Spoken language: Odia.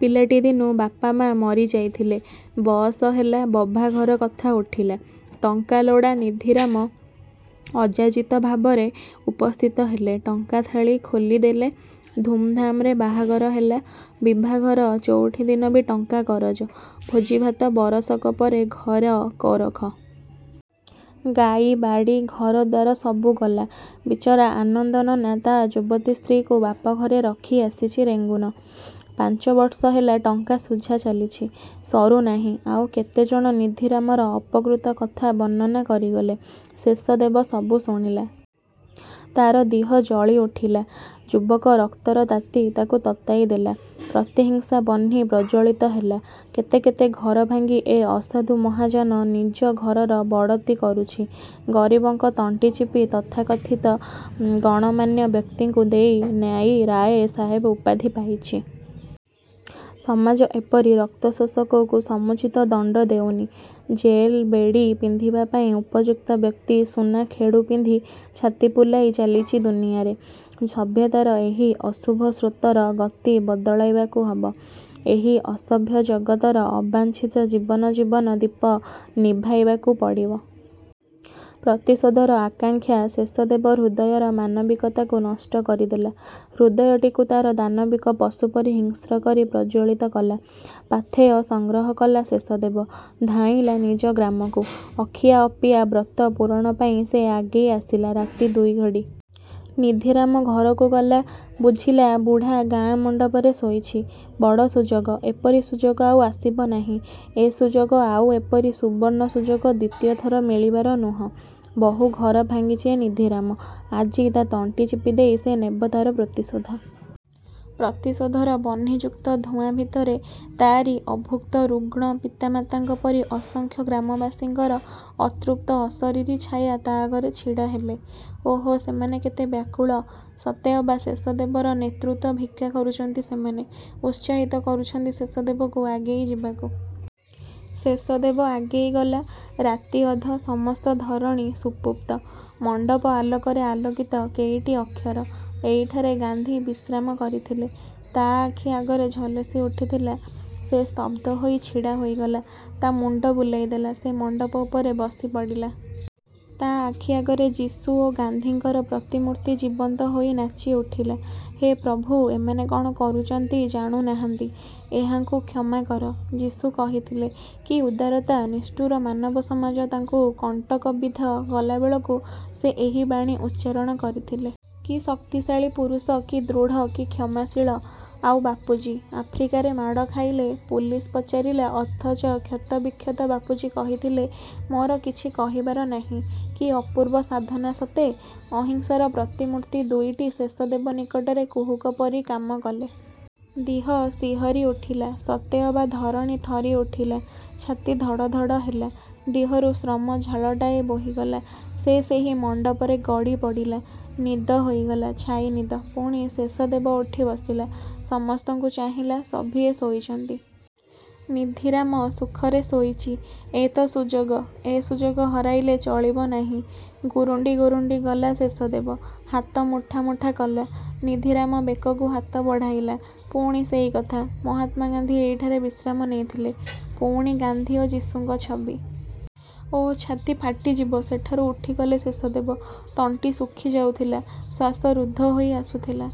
ପିଲାଟି ଦିନୁ ବାପ ମା' ମରି ଯାଇଥିଲେ। ବଅସ ହେଲା, ବଭାଘର କଥା ଉଠିଲା। ଟଙ୍କା ଲୋଡ଼ା। ନିଧିରାମ ଅଯାଚିତ ଭାବରେ ଉପସ୍ଥିତ ହେଲେ-। ଟଙ୍କା ଥାଳି ଖୋଲିଦେଲେ। ଧୁମ୍ଧାମରେ ବାହାଘର ହେଲା। ବିଭାଘର ଚଉଠି ଦିନ ବି ଟଙ୍କା କରଜ। ଭୋଜି ଭାତ। ବରଷକ ପରେ ଘର କରୋଖ। ଗାଈ, ବାଡ଼ି, ଘର ଦ୍ୱାର ସବୁ ଗଲା-। ବିଚରା ଆନନ୍ଦ ନନା ତା ଯୁବତୀ ସ୍ତ୍ରୀକୁ ବାପ ଘରେ ରଖି ଆସିଚି ରେଙ୍ଗୁନ। ପାଞ୍ଚବର୍ଷ ହେଲା ଟଙ୍କା ଶୁଝା ଚାଲିଚି। ସରୁ ନାହିଁ। ଆଉ କେତେଜଣ ନିଧିରାମର ଅପକୃତ କଥା ବର୍ଣ୍ଣନା କରିଗଲେ। ଶେଷଦେବ ସବୁ ଶୁଣିଲା। ତାର ଦିହ ଜଳିଉଠିଲା। ଯୁବକ ରକ୍ତର ତାତି ତାକୁ ତତାଇ ଦେଲା। ପ୍ରତିହିଂସାବହ୍ନି ପ୍ରଜ୍ୱଳିତ ହେଲା। କେତେ କେତେ ଘର ଭାଙ୍ଗି ଏ ଅସାଧୁ ମହାଜନ ନିଜ ଘରର ବଡ଼ତି କରୁଚି। ଗରିବଙ୍କ ତଣ୍ଟି ଚିପି ତଥାକଥିତ ଗଣ୍ୟମାନ୍ୟ ବ୍ୟକ୍ତିଙ୍କୁ ଦେଇ ନେଇ ରାଏ ସାହେବ ଉପାଧି ପାଇଚି-। ସମାଜ ଏପରି ରକ୍ତଶୋଷକକୁ ସମୁଚିତ ଦଣ୍ତ ଦେଉନି। ଜେଲ ବେଡ଼ି ପିନ୍ଧିବା ପାଇଁ ଉପଯୁକ୍ତ ବ୍ୟକ୍ତି ସୁନା ଖେଡ଼ୁ ପିନ୍ଧି ଛାତି ଫୁଲାଇ ଚାଲିଚି ଦୁନିଆରେ। ସଭ୍ୟତାର ଏହି ଅଶୁଭ ସ୍ରୋତର ଗତି ବଦଳାଇବାକୁ ହେବ। ଏହି ଅସଭ୍ୟ ଜଗତର ଅବାଞ୍ଛିତ ଜୀବନ ଜୀବନ ଦୀପ ନିଭାଇବାକୁ ପଡ଼ିବ-। ପ୍ରତିଶୋଧର ଆକାଙ୍କ୍ଷା ଶେଷଦେବ ହୃଦୟର ମାନବିକତାକୁ ନଷ୍ଟ କରିଦେଲା। ହୃଦୟଟିକୁ ତାର ଦାନବିକ ପଶୁ ପରି ହିଂସ୍ର କରି ପ୍ରଜ୍ୱଳିତ କଲା। ପାଥେୟ ସଂଗ୍ରହ କଲା ଶେଷଦେବ। ଧାଇଁଲା ନିଜ ଗ୍ରାମକୁ। ଅଖିଆ ଅପିଆ ବ୍ରତ ପୂରଣ ପାଇଁ ସେ ଆଗେଇ ଆସିଲା। ରାତି ଦୁଇଘଡ଼ି। ନିଧିରାମ ଘରକୁ ଗଲା। ବୁଝିଲା, ବୁଢ଼ା ଗାଁ ମଣ୍ତପରେ ଶୋଇଚି। ବଡ଼ ସୁଯୋଗ-। ଏପରି ସୁଯୋଗ ଆଉ ଆସିବ ନାହିଁ। ଏ ସୁଯୋଗ ଛାଡ଼ିଲେ ଆଉ ଏପରି ସୁବର୍ଣ୍ଣ ସୁଯୋଗ ଦ୍ୱିତୀୟଥର ମିଳିବାର ନୁହଁ। ବହୁ ଘର ଭାଙ୍ଗିଚି ଏ ନିଧିରାମ। ଆଜି ତା ତଣ୍ଟି ଚିପି ଦେଇ ସେ ନେବ ତାର ପ୍ରତିଶୋଧ। ପ୍ରତିଶୋଧର ବହ୍ନିଯୁକ୍ତ ଧୂଆଁ ଭିତରେ ତାରି ଅଭୁକ୍ତ ରୁଗ୍ଣ ପିତା ମାତାଙ୍କ ପରି ଅସଂଖ୍ୟ ଗ୍ରାମବାସୀଙ୍କର ଅତୃପ୍ତ ଅଶରୀରୀ ଛାୟା ତା ଆଗରେ ଛିଡ଼ାହେଲେ। ଓହୋ, ସେମାନେ କେତେ ବ୍ୟାକୁଳ। ସତେ ଅବା ଶେଷଦେବର ନେତୃତ୍ୱ ଭିକ୍ଷା କରୁଚନ୍ତି ସେମାନେ। ଉତ୍ସାହିତ କରୁଚନ୍ତି ଶେଷଦେବକୁ ଆଗେଇ ଯିବାକୁ। ଶେଷଦେବ ଆଗେଇ ଗଲା। ରାତି ଅଧ, ସମସ୍ତ ଧରଣୀ ସୁପୁପ୍ତ। ମଣ୍ତପ ଆଲୋକରେ ଆଲୋକିତ କେଇଟି ଅକ୍ଷର—'ଏଇଠାରେ ଗାନ୍ଧି ବିଶ୍ରାମ କରିଥିଲେ' ତା ଆଖି ଆଗରେ ଝଲସି ଉଠିଥିଲା। ସେ ସ୍ତବ୍ଧ ହୋଇ ଛିଡ଼ା ହୋଇଗଲା। ତା ମୁଣ୍ତ ବୁଲାଇ ଦେଲା, ସେ ମଣ୍ତପ ଉପରେ ବସି ପଡ଼ିଲା। ତା ଆଖି ଆଗରେ 'ଯୀଶୁ' ଓ 'ଗାନ୍ଧୀ'ଙ୍କର ପ୍ରତିମୂର୍ତ୍ତି ଜୀବନ୍ତ ହୋଇ ନାଚିଉଠିଲା। 'ହେ ପ୍ରଭୁ! ଏମାନେ କ'ଣ କରୁଚନ୍ତି ଜାଣୁ ନାହାନ୍ତି; ଏହାଙ୍କୁ କ୍ଷମା କର'—ଯୀଶୁ କହିଥିଲେ। କି ଉଦାରତା! ନିଷ୍ଠୁର ମାନବସମାଜ ତାଙ୍କୁ କଣ୍ଟକବିଦ୍ଧ କଲାବେଳକୁ ସେ ଏହି ବାଣୀ ଉଚ୍ଚାରଣ କରିଥିଲେ। କି ଶକ୍ତିଶାଳୀ ପୁରୁଷ, କି ଦୃଢ଼, କି କ୍ଷମାଶୀଳ। ଆଉ ବାପୁଜୀ! ଆଫ୍ରିକାରେ ମାଡ଼ ଖାଇଲେ। ପୁଲିସ ପଚାରିଲା ଅଥଚ କ୍ଷତ ବିକ୍ଷତ ବାପୁଜୀ କହିଥିଲେ—ମୋର କିଛି କହିବାର ନାହିଁ। କି ଅପୂର୍ବ ସାଧନା ସତେ! ଅହିଂସାର ପ୍ରତିମୂର୍ତ୍ତି ଦୁଇଟି ଶେଷଦେବ ନିକଟରେ କୁହୁକ ପରି କାମ କଲେ। ଦିହ ଶିହରୀ ଉଠିଲା। ସତେ ଅବା ଧରଣୀ ଥରି ଉଠିଲା। ଛାତି ଧଡ଼ ଧଡ଼ ହେଲା। ଦିହରୁ ଶ୍ରମ ଝାଳଟାଏ ବୋହିଗଲା। ସେ ସେହି ମଣ୍ତପରେ ଗଡ଼ି ପଡ଼ିଲା-। ନିଦ ହୋଇଗଲା। ଛାଇ ନିଦ। ପୁଣି ଶେଷଦେବ ଉଠି ବସିଲା। ସମସ୍ତଙ୍କୁ ଚାହିଁଲା। ସଭିଏଁ ଶୋଇଚନ୍ତି। ନିଧିରାମ ସୁଖରେ ଶୋଇଚି। ଏ ତ ସୁଯୋଗ। ଏ ସୁଯୋଗ ହରାଇଲେ ଚଳିବ ନାହିଁ। ଗୁରୁଣ୍ତି ଗୁରୁଣ୍ତି ଗଲା ଶେଷଦେବ, ହାତମୁଠା ମୁଠା କଲା। ନିଧିରାମ ବେକକୁ ହାତ ବଢ଼ାଇଲା। ପୁଣି ସେଇ କଥା–'ମହାତ୍ମାଗାନ୍ଧି ଏଇଠାରେ ବିଶ୍ରାମ ନେଇଥିଲେ। ' ପୁଣି ଗାନ୍ଧୀ ଓ ଯୀଶୁଙ୍କ ଛବି। ଓଃ ଛାତି ଫାଟିଯିବ। ସେଠାରୁ ଉଠିଗଲେ ଶେଷଦେବ। ତଣ୍ଟି ଶୁଖି ଯାଉଥିଲା। ଶ୍ୱାସ ରୁଦ୍ଧ ହୋଇ ଆସୁଥିଲା।